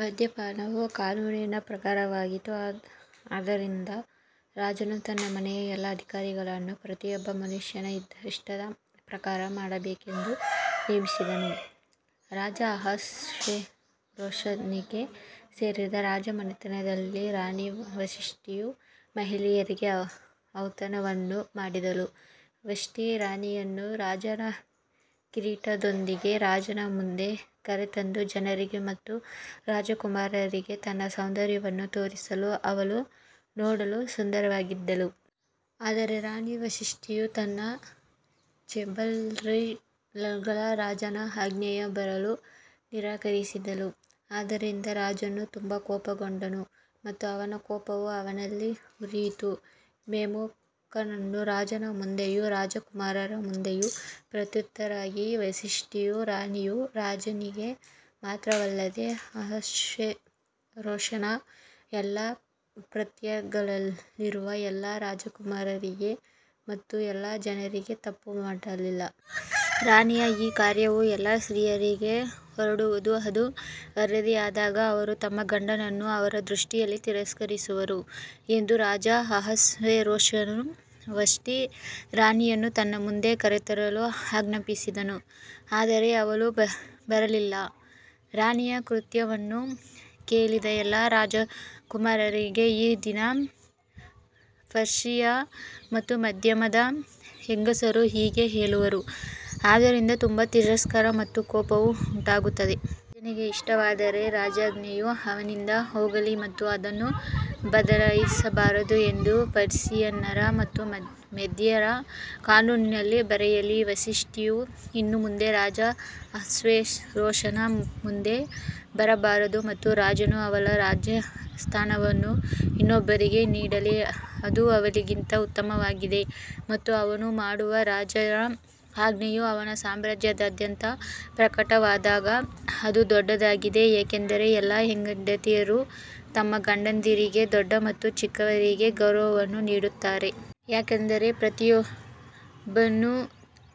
ಮದ್ಯಪಾನವು ಕಾನೂನಿನ ಪ್ರಕಾರವಾಗಿತ್ತು, ಆದ್ದರಿಂದ ರಾಜನು ತನ್ನ ಮನೆಯ ಎಲ್ಲಾ ಅಧಿಕಾರಿಗಳನ್ನು ಪ್ರತಿಯೊಬ್ಬ ಮನುಷ್ಯನ ಇಷ್ಟದ ಪ್ರಕಾರ ಮಾಡಬೇಕೆಂದು ನೇಮಿಸಿದನು. ರಾಜ ಅಹಷ್ವೇರೋಷನಿಗೆ ಸೇರಿದ ರಾಜಮನೆತನದಲ್ಲಿ ರಾಣಿ ವಷ್ಟಿಯು ಮಹಿಳೆಯರಿಗೆ ಔತಣವನ್ನು ಮಾಡಿದಳು. ವಷ್ಟಿ ರಾಣಿಯನ್ನು ರಾಜನ ಕಿರೀಟದೊಂದಿಗೆ ರಾಜನ ಮುಂದೆ ಕರೆತಂದು ಜನರಿಗೆ ಮತ್ತು ರಾಜಕುಮಾರರಿಗೆ ತನ್ನ ಸೌಂದರ್ಯವನ್ನು ತೋರಿಸಲು ಅವಳು ನೋಡಲು ಸುಂದರವಾಗಿದ್ದಳು. ಆದರೆ ರಾಣಿ ವಷ್ಟಿಯು ತನ್ನ ಚೇಂಬರ್ಲೈನ್ಗಳ ರಾಜರ ಆಜ್ಞೆಗೆ ಬರಲು ನಿರಾಕರಿಸಿದಳು, ಆದ್ದರಿಂದ ರಾಜನು ತುಂಬಾ ಕೋಪಗೊಂಡನು ಮತ್ತು ಅವನ ಕೋಪವು ಅವನಲ್ಲಿ ಉರಿಯಿತು. ಮೆಮುಕಾನನು ರಾಜನ ಮುಂದೆಯೂ ರಾಜಕುಮಾರರ ಮುಂದೆಯೂ ಪ್ರತ್ಯುತ್ತರವಾಗಿ ವಷ್ಟಿಯು ರಾಣಿಯು ರಾಜನಿಗೆ ಮಾತ್ರವಲ್ಲದೆ ಅಹಷ್ವೇರೋಷನ ಎಲ್ಲಾ ಪ್ರಾಂತ್ಯಗಳಲ್ಲಿರುವ ಎಲ್ಲಾ ರಾಜಕುಮಾರರಿಗೆ ಮತ್ತು ಎಲ್ಲಾ ಜನರಿಗೆ ತಪ್ಪು ಮಾಡಲಿಲ್ಲ. ರಾಣಿಯ ಈ ಕಾರ್ಯವು ಎಲ್ಲಾ ಸ್ತ್ರೀಯರಿಗೆ ಹೊರಡುವದು, ಅದು ವರದಿಯಾದಾಗ ಅವರು ತಮ್ಮ ಗಂಡನನ್ನು ಅವರ ದೃಷ್ಟಿಯಲ್ಲಿ ತಿರಸ್ಕರಿಸುವರು ಎಂದು ರಾಜ ಅಹಷ್ವೇರೋಷನು ವಷ್ಟಿ ರಾಣಿಯನ್ನು ತನ್ನ ಮುಂದೆ ಕರೆತರಲು ಆಜ್ಞಾಪಿಸಿದನು ಆದರೆ ಅವಳು ಬರಲಿಲ್ಲ. ರಾಣಿಯ ಕೃತ್ಯವನ್ನು ಕೇಳಿದ ಎಲ್ಲಾ ರಾಜ ರಾಜಕುಮಾರರಿಗೆ ಈ ದಿನ ಪರ್ಷಿಯಾ ಮತ್ತು ಮಾಧ್ಯಮದ ಹೆಂಗಸರು ಹೀಗೆ ಹೇಳುವರು, ಆದ್ದರಿಂದ ತುಂಬಾ ತಿರಸ್ಕಾರ ಮತ್ತು ಕೋಪವು ಉಂಟಾಗುತ್ತದೆ. ರಾಜನಿಗೆ ಇಷ್ಟವಾದರೆ ರಾಜಾಜ್ಞೆಯು ಅವನಿಂದ ಹೋಗಲಿ ಮತ್ತು ಅದನ್ನು ಬದಲಾಯಿಸಬಾರದು ಎಂದು ಪರ್ಷಿಯನ್ನರ ಮತ್ತು ಮೇದ್ಯರ ಕಾನೂನಿನಲ್ಲಿ ಬರೆಯಲಿ, ವಷ್ಟಿಯು ಇನ್ನು ಮುಂದೆ ರಾಜ ಅಹಷ್ವೇರೋಷನ ಮುಂದೆ ಬರಬಾರದು ಮತ್ತು ರಾಜನು ಅವಳ ರಾಜಸ್ಥಾನವನ್ನು ಇನ್ನೊಬ್ಬನಿಗೆ ನೀಡಲಿ. ಅದು ಅವಳಿಗಿಂತ ಉತ್ತಮವಾಗಿದೆ ಮತ್ತು ಅವನು ಮಾಡುವ ರಾಜರ ಆಜ್ಞೆಯು ಅವನ ಸಾಮ್ರಾಜ್ಯದಾದ್ಯಂತ ಪ್ರಕಟವಾದಾಗ ಅದು ದೊಡ್ಡದಾಗಿದೆ, ಏಕೆಂದರೆ ಎಲ್ಲಾ ಹೆಂಡತಿಯರು ತಮ್ಮ ಗಂಡಂದಿರಿಗೆ ದೊಡ್ಡ ಮತ್ತು ಚಿಕ್ಕವರಿಗೆ ಗೌರವವನ್ನು ನೀಡುತ್ತಾರೆ. ಯಾಕಂದರೆ ಪ್ರತಿಯೊಬ್ಬನು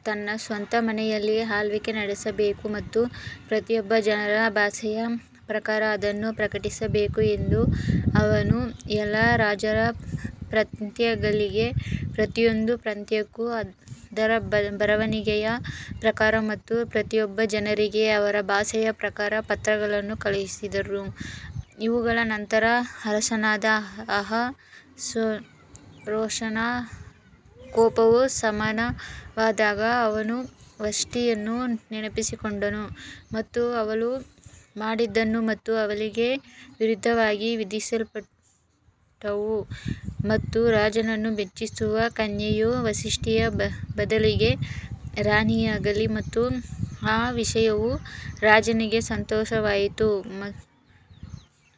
ತನ್ನ ಸ್ವಂತ ಮನೆಯಲ್ಲಿ ಆಳ್ವಿಕೆ ನಡೆಸಬೇಕು ಮತ್ತು ಪ್ರತಿಯೊಬ್ಬ ಜನರ ಭಾಷೆಯ ಪ್ರಕಾರ ಅದನ್ನು ಪ್ರಕಟಿಸಬೇಕು ಎಂದು ಅವನು ಎಲ್ಲಾ ರಾಜರ ಪ್ರಾಂತ್ಯಗಳಿಗೆ ಪ್ರತಿಯೊಂದು ಪ್ರಾಂತ್ಯಕ್ಕೂ ಅದರ ಬರವಣಿಗೆಯ ಪ್ರಕಾರ ಮತ್ತು ಪ್ರತಿಯೊಬ್ಬ ಜನರಿಗೆ ಅವರ ಭಾಷೆಯ ಪ್ರಕಾರ ಪತ್ರಗಳನ್ನು ಕಳುಹಿಸಿದನು. ಇವುಗಳ ನಂತರ ಅರಸನಾದ ಅಹಷ್ವೇರೋಷನ ಕೋಪವು ಶಮನವಾದಾಗ ಅವನು ವಷ್ಟಿಯನ್ನು ನೆನಪಿಸಿಕೊಂಡನು ಮತ್ತು ಅವಳು ಮಾಡಿದವು ಮತ್ತು ಅವಳಿಗೆ ವಿರುದ್ಧವಾಗಿ ವಿಧಿಸಲ್ಪಟ್ಟವು ಮತ್ತು ರಾಜನನ್ನು ಮೆಚ್ಚಿಸುವ ಕನ್ಯೆಯು ವಷ್ಟಿಯ ಬದಲಿಗೆ ರಾಣಿಯಾಗಲಿ ಮತ್ತು ಆ ವಿಷಯವು ರಾಜನಿಗೆ ಸಂತೋಷವಾಯಿತು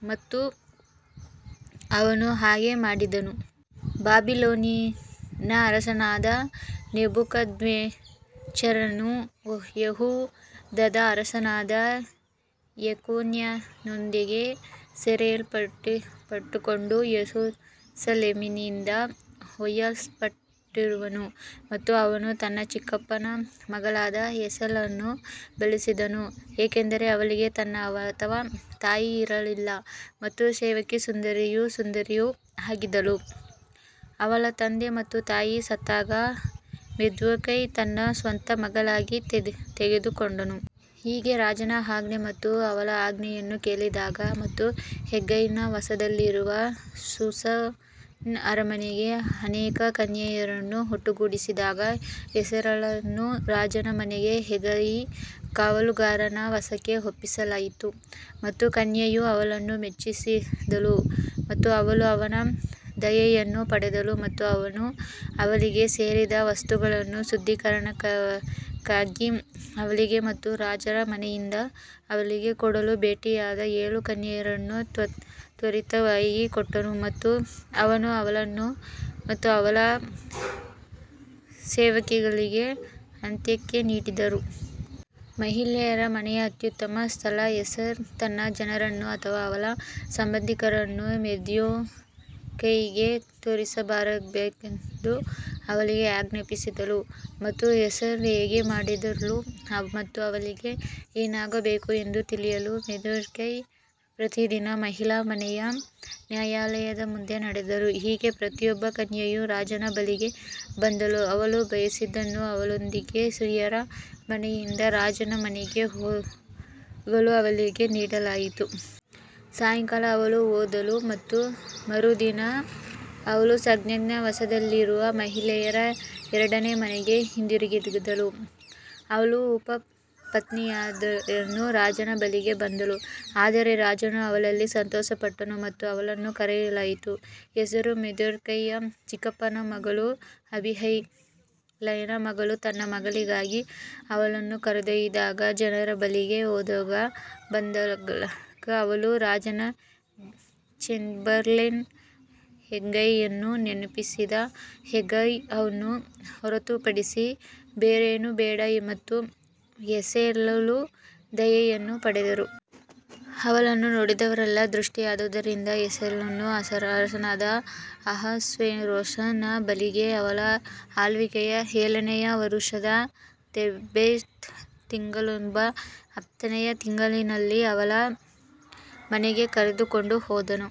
ಮತ್ತು ಅವನು ಹಾಗೆ ಮಾಡಿದನು. ಬಾಬಿಲೋನಿನ ಅರಸನಾದ ನೆಬೂಕದ್ನೆಚ್ಚರನು ಯೆಹೂದದ ಅರಸನಾದ ಯೆಕೊನ್ಯನೊಂದಿಗೆ ಸೆರೆಯಲ್ಲಿಟ್ಟುಕೊಂಡು ಯೆರೂಸಲೇಮಿನಿಂದ ಒಯ್ಯಲ್ಪಟ್ಟವನು ಮತ್ತು ಅವನು ತನ್ನ ಚಿಕ್ಕಪ್ಪನ ಮಗಳಾದ ಎಸ್ತೇರಳನ್ನು ಬೆಳೆಸಿದನು, ಏಕೆಂದರೆ ಅವಳಿಗೆ ತಂದೆ ಅಥವಾ ತಾಯಿ ಇರಲಿಲ್ಲ ಮತ್ತು ಸೇವಕಿ ಸುಂದರಿಯೂ ಸುಂದರಿಯೂ ಆಗಿದ್ದಳು, ಅವಳ ತಂದೆ ಮತ್ತು ತಾಯಿ ಸತ್ತಾಗ ಮೊರ್ದೆಕೈ ತನ್ನ ಸ್ವಂತ ಮಗಳಿಗಾಗಿ ತೆಗೆದುಕೊಂಡನು. ಹೀಗೆ ರಾಜರ ಆಜ್ಞೆ ಮತ್ತು ಅವನ ಆಜ್ಞೆಯನ್ನು ಕೇಳಿದಾಗ ಮತ್ತು ಹೆಗೈಯ ವಶದಲ್ಲಿರುವ ಶೂಷನ್ ಅರಮನೆಗೆ ಅನೇಕ ಕನ್ಯೆಯರನ್ನು ಒಟ್ಟುಗೂಡಿಸಿದಾಗ ಎಸ್ತೇರಳನ್ನೂ ರಾಜರ ಮನೆಗೆ ಹೆಗಾಯಿ ಕಾವಲುಗಾರನ ವಶಕ್ಕೆ ಒಪ್ಪಿಸಲಾಯಿತು. ಮತ್ತು ಕನ್ಯೆಯು ಅವನನ್ನು ಮೆಚ್ಚಿಸಿದಳು ಮತ್ತು ಅವಳು ಅವನ ದಯೆಯನ್ನು ಪಡೆದಳು ಮತ್ತು ಅವನು ಅವಳಿಗೆ ಸೇರಿದ ವಸ್ತುಗಳನ್ನು ಶುದ್ಧೀಕರಣಕ್ಕಾಗಿ ಅವಳಿಗೆ ಮತ್ತು ರಾಜರ ಮನೆಯಿಂದ ಅವಳಿಗೆ ಕೊಡಲು ಭೇಟಿಯಾದ ಏಳು ಕನ್ಯೆಯರನ್ನು ತ್ವರಿತವಾಗಿ ಕೊಟ್ಟನು ಮತ್ತು ಅವನು ಅವಳನ್ನು ಮತ್ತು ಅವಳ ಸೇವಕಿಗಳಿಗೆ ಆದ್ಯತೆ ನೀಡಿದನು. ಮಹಿಳೆಯರ ಮನೆಯ ಅತ್ಯುತ್ತಮ ಸ್ಥಳ ಎಸ್ತರ್ ತನ್ನ ಜನರನ್ನು ಅಥವಾ ಅವಳ ಸಂಬಂಧಿಕರನ್ನು ಮೊರ್ದೆಕೈಗೆ ತೋರಿಸಬಾರದೆಂದು ಅವಳಿಗೆ ಆಜ್ಞಾಪಿಸಿದಳು. ಮತ್ತು ಎಸ್ತರ್ ಹೇಗೆ ಮಾಡಿದಳು ಮತ್ತು ಅವಳಿಗೆ ಏನಾಗಬೇಕು ಎಂದು ತಿಳಿಯಲು ಮೊರ್ದೆಕೈ ಪ್ರತಿದಿನ ಮಹಿಳಾ ಮನೆಯ ನ್ಯಾಯಾಲಯದ ಮುಂದೆ ನಡೆದರು. ಹೀಗೆ ಪ್ರತಿಯೊಬ್ಬ ಕನ್ಯೆಯು ರಾಜನ ಬಳಿಗೆ ಬಂದಳು, ಅವಳು ಬಯಸಿದ್ದನ್ನು ಅವಳೊಂದಿಗೆ ಸ್ತ್ರೀಯರ ಮನೆಯಿಂದ ರಾಜರ ಮನೆಗೆ ಹೋಗಲು ಅವಳಿಗೆ ನೀಡಲಾಯಿತು. ಸಾಯಂಕಾಲ ಅವಳು ಹೋದಳು ಮತ್ತು ಮರುದಿನ ಅವಳು ಶಾಶ್ಗಜ್ನ ವಶದಲ್ಲಿರುವ ಮಹಿಳೆಯರ ಎರಡನೇ ಮನೆಗೆ ಹಿಂದಿರುಗಿದಳು, ಅವಳು ಉಪಪತ್ನಿಯರನ್ನು ರಾಜನ ಬಳಿಗೆ ಬಂದಳು, ಆದರೆ ರಾಜನು ಅವಳಲ್ಲಿ ಸಂತೋಷಪಟ್ಟನು ಮತ್ತು ಅವಳನ್ನು ಕರೆಯಲಾಯಿತು. ಹೆಸರು ಮೊರ್ದೆಕೈಯ ಚಿಕ್ಕಪ್ಪನ ಮಗಳು ಅಬೀಹೈಲನ ಮಗಳು ತನ್ನ ಮಗಳಿಗಾಗಿ ಅವಳನ್ನು ಕರೆದೊಯ್ದಿದ್ದಾಗ ರಾಜನ ಬಳಿಗೆ ಹೋಗಲು ಬಂದಾಗ ಅವಳು ರಾಜನ ಚೇಂಬರ್ಲೇನ್ ಹೆಗೈಯನ್ನು ನೇಮಿಸಿದ ಹೆಗಾಯ್ ಅನ್ನು ಹೊರತುಪಡಿಸಿ ಬೇರೇನೂ ಬೇಡ ಮತ್ತು ಎಸ್ತೇರಳು ದಯೆಯನ್ನು ಪಡೆದರು. ಅವಳನ್ನು ನೋಡಿದವರೆಲ್ಲರ ದೃಷ್ಟಿ ಆದುದರಿಂದ ಎಸ್ತೇರಳನ್ನು ಅರಸನಾದ ಅಹಷ್ವೇರೋಷನ ಬಳಿಗೆ ಅವನ ಆಳ್ವಿಕೆಯ ಏಳನೆಯ ವರುಷದ ತೇಬೆತ್ ತಿಂಗಳೆಂಬ ಹತ್ತನೆಯ ತಿಂಗಳಿನಲ್ಲಿ ಅವನ ಮನೆಗೆ ಕರೆದುಕೊಂಡು ಹೋದನು.